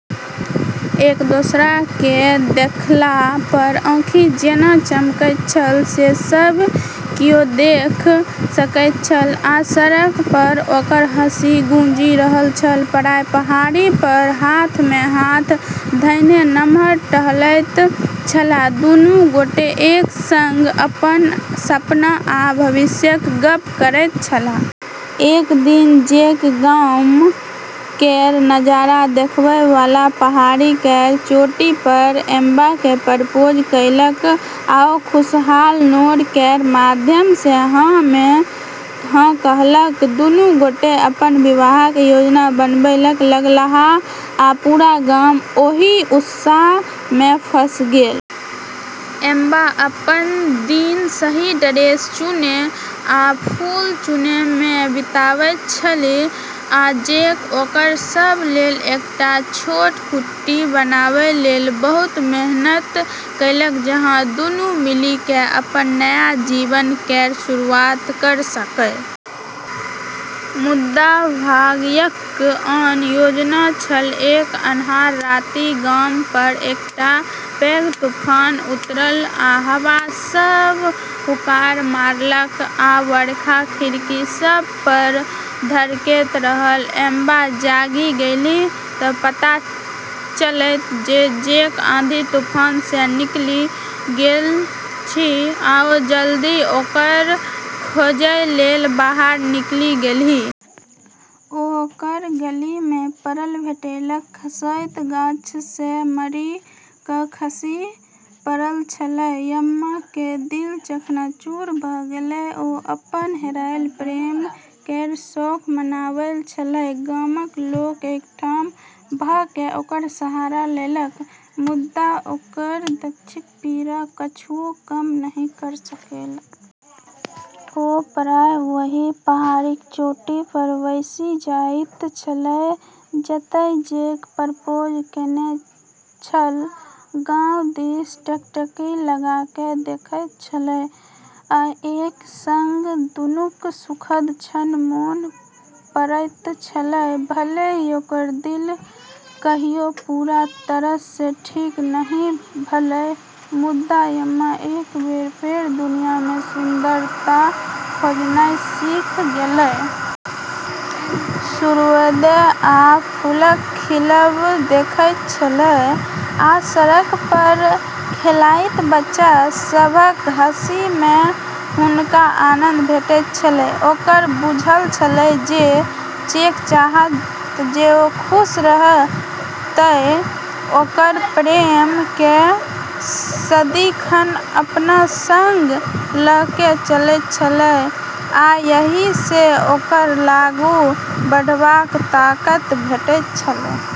एक दोसरा केँ देखला पर आँखि जेना चमकैत छल से सब कियो देख सकैत छल, आ सड़क पर ओकर हँसी गूँजि रहल छल। प्रायः पहाड़ी पर हाथ मे हाथ धयने नम्हर टहलैत छलाह, दुनू गोटे एक संग अपन सपना आ भविष्यक गप्प करैत छलाह। एक दिन जैक गाम केर नजारा देखै वाला पहाड़ी केर चोटी पर एम्मा केँ प्रपोज केलक, आ ओ खुशहाल नोर केर माध्यम सँ हाँ मे कहलक। दुनू गोटे अपन विवाहक योजना बनाबय लगलाह, आ पूरा गाम ओहि उत्साह मे फँसि गेल। एम्मा अपन दिन सही ड्रेस चुनै आ फूल चुनै मे बितावैत छलीह, आ जैक ओकरा सभ लेल एकटा छोट कुटी बनाबै लेल बहुत मेहनत केलक, जहाँ दुनू मिलि कऽ अपन नया जीवन केर शुरुआत कऽ सकय। मुदा भाग्यक आन योजना छल। एक अन्हार राति गाम पर एकटा पैघ तूफान उतरल आ हवा सभ हुंकार मारलक आ बरखा खिड़की सभ पर धड़कैत रहल। एम्मा जागि गेलीह तँ पता चललै जे जैक आंधी-तूफान मे निकलि गेल अछि, आ ओ जल्दी-जल्दी ओकरा खोजै लेल बाहर निकलि गेलीह। ओ ओकरा गली मे पड़ल भेटलैक, खसैत गाछ सँ मारि कऽ खसि पड़ल छलैक। एम्मा केर दिल चकनाचूर भऽ गेलै, आ ओ अपन हेरायल प्रेम केर शोक मनाबै छलीह। गामक लोक एकठाम भऽ कऽ ओकर सहारा लेलक, मुदा ओकर क्षतिक पीड़ा किछुओ कम नहि कऽ सकलैक। ओ प्रायः ओहि पहाड़ीक चोटी पर बैसि जाइत छलीह जतय जैक प्रपोज केने छल, गाम दिस टकटकी लगा कऽ देखैत छलीह आ एक संग दुनूक सुखद क्षण मोन पाड़ैत छलीह। भले ही ओकर दिल कहियो पूरा तरह सँ ठीक नहि भेलै, मुदा एम्मा एक बेर फेर दुनिया मे सुंदरता खोजनाइ सीखि गेलीह। सूर्योदय आ फूलक खिलब देखैत छलीह, आ सड़क पर खेलाइत बच्चा सभक हँसी मे हुनका आनन्द भेटैत छलनि। ओकरा बुझल छलैक जे जैक चाहत जे ओ खुश रहय, आ तें ओ ओकर प्रेम केँ सदिखन अपना संग लऽ कऽ चलैत छलैक, आ एहि सँ ओकरा आगू बढ़बाक ताकत भेटैत छलैक।